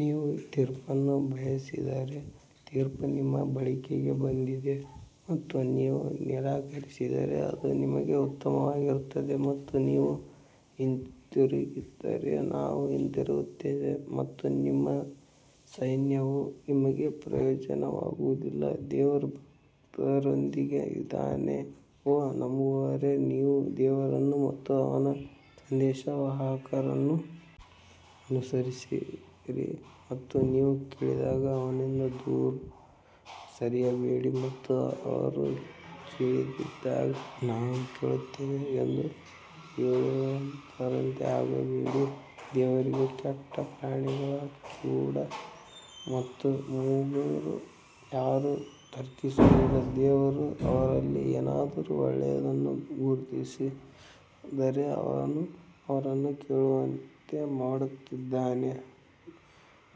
ನೀವು ತೀರ್ಪನ್ನು ಬಯಸಿದರೆ ತೀರ್ಪು ನಿಮ್ಮ ಬಳಿಗೆ ಬಂದಿದೆ ಮತ್ತು ನೀವು ನಿರಾಕರಿಸಿದರೆ ಅದು ನಿಮಗೆ ಉತ್ತಮವಾಗಿರುತ್ತದೆ ಮತ್ತು ನೀವು ಹಿಂತಿರುಗಿದರೆ ನಾವು ಹಿಂತಿರುಗುತ್ತೇವೆ ಮತ್ತು ನಿಮ್ಮ ಸೈನ್ಯವು ನಿಮಗೆ ಪ್ರಯೋಜನವಾಗುವುದಿಲ್ಲ ದೇವರು ಭಕ್ತರೊಂದಿಗೆ ಇದ್ದಾನೆ ಓ ನಂಬುವವರೇ ನೀವು ದೇವರನ್ನು ಮತ್ತು ಅವನ ಸಂದೇಶವಾಹಕರನ್ನು ಅನುಸರಿಸಿರಿ ಮತ್ತು ನೀವು ಕೇಳಿದಾಗ ಅವನಿಂದ ದೂರ ಸರಿಯಬೇಡಿ ಮತ್ತು ಅವರು ಕೇಳದಿದ್ದಾಗ ನಾವು ಕೇಳುತ್ತೇವೆ ಎಂದು ಹೇಳುವವರಂತೆ ಆಗಬೇಡಿ ದೇವರಿಗೆ ಕೆಟ್ಟ ಪ್ರಾಣಿಗಳು ಕಿವುಡ ಮತ್ತು ಮೂಗರು ಯಾರು ತರ್ಕಿಸುವುದಿಲ್ಲ ದೇವರು ಅವರಲ್ಲಿ ಏನಾದರೂ ಒಳ್ಳೆಯದನ್ನು ಗುರುತಿಸಿದ್ದರೆ ಅವನು ಅವರನ್ನು ಕೇಳುವಂತೆ ಮಾಡುತ್ತಿದ್ದನು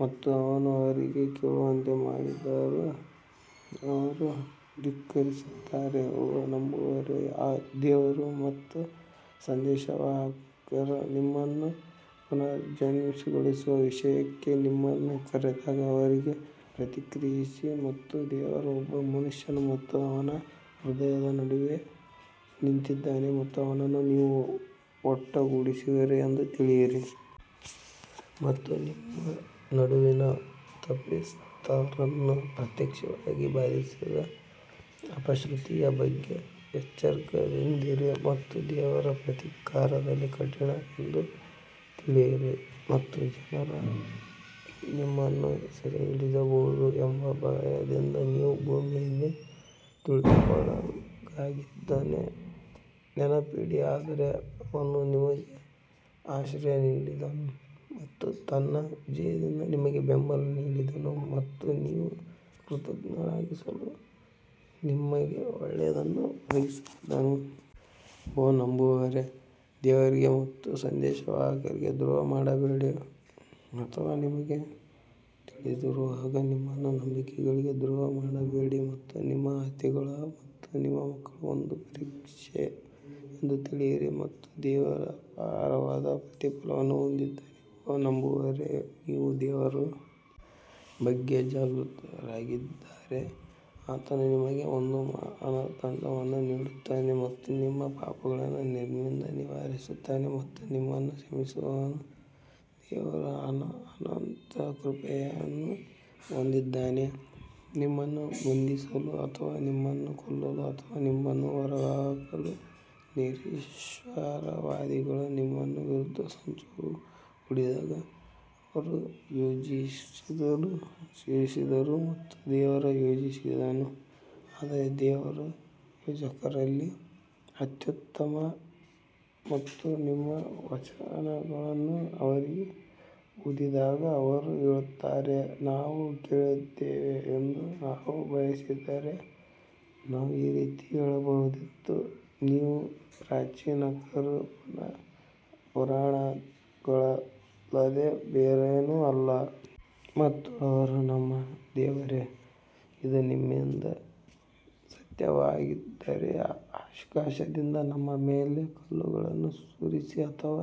ಮತ್ತು ಅವನು ಅವರಿಗೆ ಕೇಳುವಂತೆ ಮಾಡಿದ್ದರೆ ಅವರು ಧಿಕ್ಕರಿಸುತ್ತಾರೆ ಓ ನಂಬುವವರೇ, ದೇವರು ಮತ್ತು ಸಂದೇಶವಾಹಕರು ನಿಮ್ಮನ್ನು ಪುನರುಜ್ಜೀವನಗೊಳಿಸುವ ವಿಷಯಕ್ಕೆ ನಿಮ್ಮನ್ನು ಕರೆದಾಗ ಅವರಿಗೆ ಪ್ರತಿಕ್ರಿಯಿಸಿ ಮತ್ತು ದೇವರು ಒಬ್ಬ ಮನುಷ್ಯ ಮತ್ತು ಅವನ ಹೃದಯದ ನಡುವೆ ನಿಂತಿದ್ದಾನೆ ಮತ್ತು ಅವನನ್ನು ನೀವು ಒಟ್ಟುಗೂಡಿಸುವಿರಿ ಎಂದು ತಿಳಿಯಿರಿ. ಮತ್ತು ನಿಮ್ಮ ನಡುವಿನ ತಪ್ಪಿತಸ್ಥರನ್ನು ಪ್ರತ್ಯೇಕವಾಗಿ ಬಾಧಿಸದ ಅಪಶ್ರುತಿಯ ಬಗ್ಗೆ ಎಚ್ಚರದಿಂದಿರಿ ಮತ್ತು ದೇವರು ಪ್ರತೀಕಾರದಲ್ಲಿ ಕಠಿಣ ಎಂದು ತಿಳಿಯಿರಿ. ಮತ್ತು ಜನರು ನಿಮ್ಮನ್ನು ಸೆರೆಹಿಡಿಯಬಹುದು ಎಂಬ ಭಯದಿಂದ ನೀವು ಭೂಮಿಯಲ್ಲಿ ತುಳಿತಕ್ಕೊಳಗಾಗಿದ್ದನ್ನು ನೆನಪಿಡಿ ಆದರೆ ಅವನು ನಿಮಗೆ ಆಶ್ರಯ ನೀಡಿದನು ಮತ್ತು ತನ್ನ ವಿಜಯದಿಂದ ನಿಮಗೆ ಬೆಂಬಲ ನೀಡಿದನು ಮತ್ತು ನೀವು ಕೃತಜ್ಞರಾಗಿರಲು ನಿಮಗೆ ಒಳ್ಳೆಯದನ್ನು ಒದಗಿಸಿದನು. ಓ ನಂಬುವವರೇ, ದೇವರಿಗೆ ಮತ್ತು ಸಂದೇಶವಾಹಕರಿಗೆ ದ್ರೋಹ ಮಾಡಬೇಡಿ ಅಥವಾ ನಿಮಗೆ ತಿಳಿದಿರುವಾಗ ನಿಮ್ಮ ನಂಬಿಕೆಗಳಿಗೆ ದ್ರೋಹ ಮಾಡಬೇಡಿ ಮತ್ತು ನಿಮ್ಮ ಆಸ್ತಿಗಳು ಮತ್ತು ನಿಮ್ಮ ಮಕ್ಕಳು ಒಂದು ಪರೀಕ್ಷೆ ಎಂದು ತಿಳಿಯಿರಿ ಮತ್ತು ದೇವರು ಅಪಾರವಾದ ಪ್ರತಿಫಲವನ್ನು ಹೊಂದಿದ್ದಾನೆ ಓ ನಂಬುವವರೇ ನೀವು ದೇವರ ಬಗ್ಗೆ ಜಾಗೃತರಾಗಿದ್ದರೆ ಆತನು ನಿಮಗೆ ಒಂದು ಮಾನದಂಡವನ್ನು ನೀಡುತ್ತಾನೆ ಮತ್ತು ನಿಮ್ಮ ಪಾಪಗಳನ್ನು ನಿಮ್ಮಿಂದ ನಿವಾರಿಸುತ್ತಾನೆ ಮತ್ತು ನಿಮ್ಮನ್ನು ಕ್ಷಮಿಸುವನು ದೇವರು ಅನಂತ ಕೃಪೆಯನ್ನು ಹೊಂದಿದ್ದಾನೆ ನಿಮ್ಮನ್ನು ಬಂಧಿಸಲು ಅಥವಾ ನಿಮ್ಮನ್ನು ಕೊಲ್ಲಲು ಅಥವಾ ನಿಮ್ಮನ್ನು ಹೊರಹಾಕಲು ನಿರೀಶ್ವರವಾದಿಗಳು ನಿಮ್ಮ ವಿರುದ್ಧ ಸಂಚು ಹೂಡಿದಾಗ ಅವರು ಯೋಜಿಸಿದರು ಮತ್ತು ದೇವರು ಯೋಜಿಸಿದನು ಆದರೆ ದೇವರು ಯೋಜಕರಲ್ಲಿ ಅತ್ಯುತ್ತಮನು ಮತ್ತು ನಮ್ಮ ವಚನಗಳನ್ನು ಅವರಿಗೆ ಓದಿದಾಗ ಅವರು ಹೇಳುತ್ತಾರೆ, ನಾವು ಕೇಳಿದ್ದೇವೆ ಎಂದು ನಾವು ಬಯಸಿದ್ದರೆ ನಾವು ಈ ರೀತಿ ಹೇಳಬಹುದಿತ್ತು, ಇವು ಪ್ರಾಚೀನರ ಪುರಾಣಗಳಲ್ಲದೆ ಬೇರೇನೂ ಅಲ್ಲ. ಮತ್ತು ಅವರು ನಮ್ಮ ದೇವರೇ, ಇದು ನಿಮ್ಮಿಂದ ಸತ್ಯವಾಗಿದ್ದರೆ ಆಕಾಶದಿಂದ ನಮ್ಮ ಮೇಲೆ ಕಲ್ಲುಗಳನ್ನು ಸುರಿಸಿ ಅಥವಾ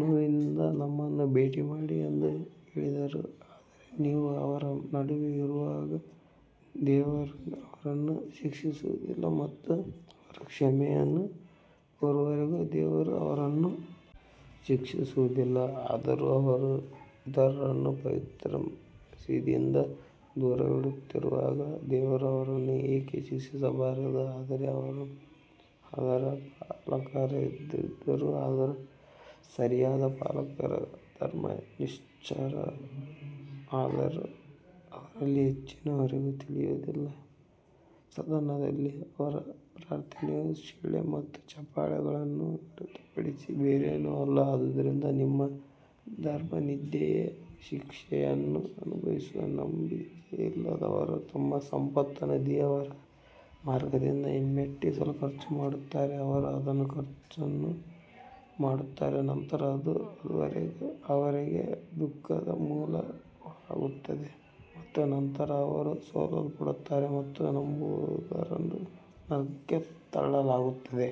ನೋವಿನಿಂದ ನಮ್ಮನ್ನು ಭೇಟಿ ಮಾಡಿ ಎಂದು ಹೇಳಿದರು. ಆದರೆ ನೀವು ಅವರ ನಡುವೆ ಇರುವಾಗ ದೇವರು ಅವರನ್ನು ಶಿಕ್ಷಿಸುವುದಿಲ್ಲ ಮತ್ತು ಅವರು ಕ್ಷಮೆಯನ್ನು ಕೋರುವವರೆಗೂ ದೇವರು ಅವರನ್ನು ಶಿಕ್ಷಿಸುವುದಿಲ್ಲ ಆದರೂ ಅವರು ಇತರರನ್ನು ಪವಿತ್ರ ಮಸೀದಿಯಿಂದ ದೂರವಿಡುತ್ತಿರುವಾಗ ದೇವರು ಅವರನ್ನು ಏಕೆ ಶಿಕ್ಷಿಸಬಾರದು ಆದರೆ ಅವರು ಅದರ ಪಾಲಕರಲ್ಲದಿದ್ದರೂ ಅದರ ಸರಿಯಾದ ಪಾಲಕರು ಧರ್ಮನಿಷ್ಠರು ಆದರೆ ಅವರಲ್ಲಿ ಹೆಚ್ಚಿನವರಿಗೆ ತಿಳಿದಿಲ್ಲ ಸದನದಲ್ಲಿ ಅವರ ಪ್ರಾರ್ಥನೆಯು ಶಿಳ್ಳೆ ಮತ್ತು ಚಪ್ಪಾಳೆಗಳನ್ನು ಹೊರತುಪಡಿಸಿ ಬೇರೇನೂ ಅಲ್ಲ ಆದ್ದರಿಂದ ನಿಮ್ಮ ಧರ್ಮನಿಂದೆಯ ಶಿಕ್ಷೆಯನ್ನು ಅನುಭವಿಸಿ ನಂಬಿಕೆಯಿಲ್ಲದವರು ತಮ್ಮ ಸಂಪತ್ತನ್ನು ದೇವರ ಮಾರ್ಗದಿಂದ ಹಿಮ್ಮೆಟ್ಟಿಸಲು ಖರ್ಚು ಮಾಡುತ್ತಾರೆ ಅವರು ಅದನ್ನು ಖರ್ಚು ಮಾಡುತ್ತಾರೆ ನಂತರ ಅದು ಅವರಿಗೆ ದುಃಖದ ಮೂಲವಾಗುತ್ತದೆ ಮತ್ತು ನಂತರ ಅವರು ಸೋಲಿಸಲ್ಪಡುತ್ತಾರೆ ಮತ್ತು ನಂಬದವರನ್ನು ನರಕಕ್ಕೆ ತಳ್ಳಲಾಗುತ್ತದೆ.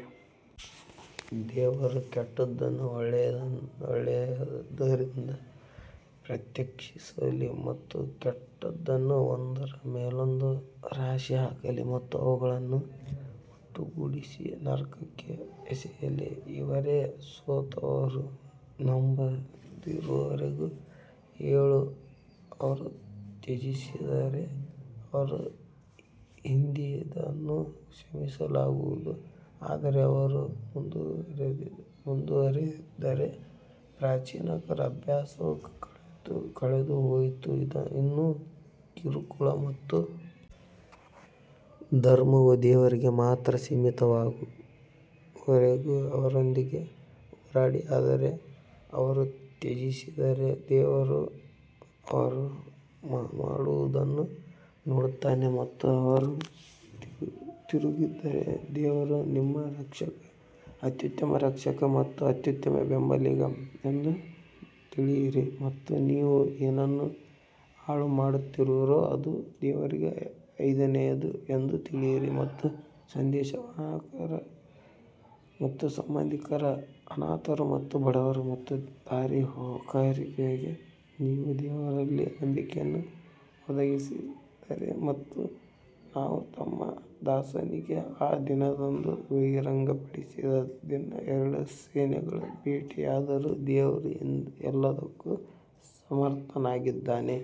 ದೇವರು ಕೆಟ್ಟದ್ದನ್ನು ಒಳ್ಳೆಯದರಿಂದ ಪ್ರತ್ಯೇಕಿಸಲಿ ಮತ್ತು ಕೆಟ್ಟದ್ದನ್ನು ಒಂದರ ಮೇಲೊಂದು ರಾಶಿ ಹಾಕಲಿ ಮತ್ತು ಅವುಗಳನ್ನು ಒಟ್ಟುಗೂಡಿಸಿ ನರಕಕ್ಕೆ ಎಸೆಯಲಿ ಇವರೇ ಸೋತವರು ನಂಬದಿರುವವರಿಗೆ ಹೇಳು ಅವರು ತ್ಯಜಿಸಿದರೆ ಅವರ ಹಿಂದಿನದನ್ನು ಕ್ಷಮಿಸಲಾಗುವುದು ಆದರೆ ಅವರು ಮುಂದುವರಿದರೆ ಪ್ರಾಚೀನರ ಅಭ್ಯಾಸವು ಕಳೆದುಹೋಯಿತು ಇನ್ನು ಕಿರುಕುಳ ಮತ್ತು ಧರ್ಮವು ದೇವರಿಗೆ ಮಾತ್ರ ಸೀಮಿತವಾಗುವವರೆಗೆ ಅವರೊಂದಿಗೆ ಹೋರಾಡಿ ಆದರೆ ಅವರು ತ್ಯಜಿಸಿದರೆ ದೇವರು ಅವರು ಮಾಡುವುದನ್ನು ನೋಡುತ್ತಾನೆ ಮತ್ತು ಅವರು ತಿರುಗಿದರೆ ದೇವರು ನಿಮ್ಮ ರಕ್ಷಕ ಅತ್ಯುತ್ತಮ ರಕ್ಷಕ ಮತ್ತು ಅತ್ಯುತ್ತಮ ಬೆಂಬಲಿಗ ಎಂದು ತಿಳಿಯಿರಿ ಮತ್ತು ನೀವು ಏನನ್ನು ಹಾಳುಮಾಡುತ್ತೀರೋ ಅದು ದೇವರಿಗೆ ಐದನೆಯದು ಎಂದು ತಿಳಿಯಿರಿ ಮತ್ತು ಸಂದೇಶವಾಹಕರು ಮತ್ತು ಸಂಬಂಧಿಕರು, ಅನಾಥರು ಮತ್ತು ಬಡವರು ಮತ್ತು ದಾರಿಹೋಕರಿಗೆ ನೀವು ದೇವರಲ್ಲಿ ನಂಬಿಕೆಯನ್ನು ಒದಗಿಸಿದರೆ ಮತ್ತು ನಾವು ನಮ್ಮ ದಾಸನಿಗೆ ಆ ದಿನದಂದು ಬಹಿರಂಗಪಡಿಸಿದ ದಿನ ಎರಡು ಸೇನೆಗಳು ಭೇಟಿಯಾದರು ದೇವರು ಎಲ್ಲದಕ್ಕೂ ಸಮರ್ಥನಾಗಿದ್ದಾನೆ.